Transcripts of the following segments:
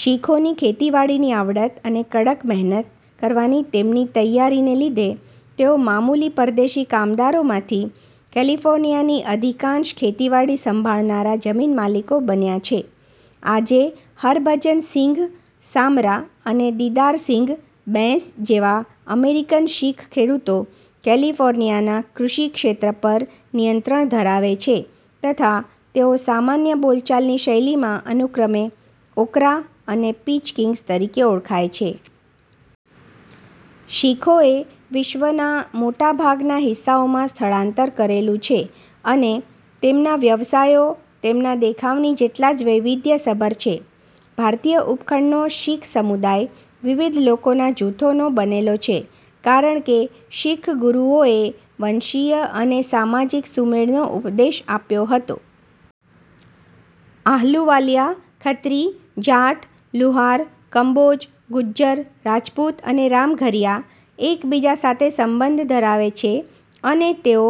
શીખોની ખેતીવાડીની આવડત અને કડક મહેનત કરવાની તેમની તૈયારીને લીધે તેઓ મામૂલી પરદેશી કામદારોમાંથી કેલિફોર્નિયાની અધિકાંશ ખેતીવાડી સંભાળનારા જમીન માલિકો બન્યાં છે. આજે હરભજનસિંઘ સામરા અને દિદારસિંઘ બૈંસ જેવા અમેરિકન શીખ ખેડૂતો કેલિફોર્નિયાના કૃષિક્ષેત્ર પર નિયંત્રણ ધરાવે છે તથા તેઓ સામાન્ય બોલચાલની શૈલીમાં અનુક્રમે "ઓકરા" અને "પીચ" કિંગ્સ તરીકે ઓળખાય છે. શીખોએ વિશ્વનાં મોટાભાગના હિસ્સાઓમાં સ્થળાંતર કરેલું છે અને તેમના વ્યવસાયો તેમનાં દેખાવની જેટલા જ વૈવિધ્યસભર છે. ભારતીય ઉપખંડનો શીખ સમુદાય વિવિધ લોકોના જૂથોનો બનેલો છે કારણકે શીખ ગુરુઓએ વંશીય અને સામાજિક સુમેળનો ઉપદેશ આપ્યો હતો. આહલુવાલિયા, ખત્રી, જાટ, લુહાર, કંબોજ, ગુજ્જર, રાજપુત અને રામઘરિયા એકબીજા સાથે સંબંધ ધરાવે છે અને તેઓ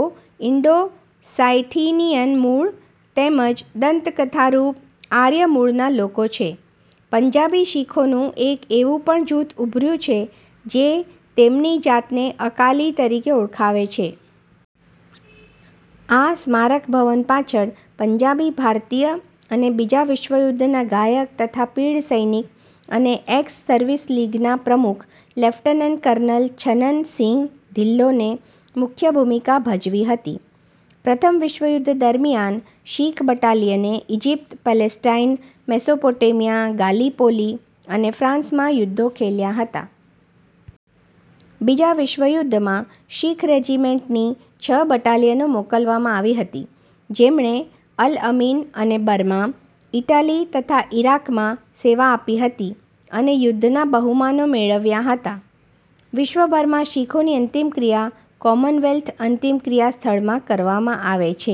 ઈન્ડો-સાયથિનીયન મૂળ તેમજ દંતકથારૂપ આર્ય મૂળના લોકો છે. પંજાબી શીખોનું એક એવુ પણ જૂથ ઉભર્યુ છે જે તેમની જાતને અકાલી તરીકે ઓળખાવે છે. આ સ્મારક ભવન પાછળ પંજાબી ભારતીય અને બીજા વિશ્વયુદ્ધનાં નાયક તથા પીઢ સૈનિક અને એક્સ-સર્વિસ લીગ નાં પ્રમુખ લેફ્ટનન્ટ કર્નલ છનન સિંઘ ધિલ્લોને મુખ્ય ભૂમિકા ભજવી હતી. પ્રથમ વિશ્વયુદ્ધ દરમિયાન, શીખ બટાલિયને ઈજિપ્ત, પેલેસ્ટાઈન, મેસોપોટેમિયા, ગાલીપોલી અને ફ્રાન્સમાં યુદ્ધ ખેલ્યાં હતા. બીજા વિશ્વયુદ્ધમાં શીખ રેજિમેન્ટની છ બટાલિયનો મોકલવામાં આવી હતી, જેમણે અલ અમીન અને બર્મા, ઈટાલી તથા ઈરાકમાં સેવા આપી હતી અને યુદ્ધના બહુમાનો મેળવ્યાં હતા. વિશ્વભરમાં શીખોની અંતિમક્રિયા કોમનવેલ્થ અંતિમક્રિયા સ્થળમાં કરવામાં આવે છે.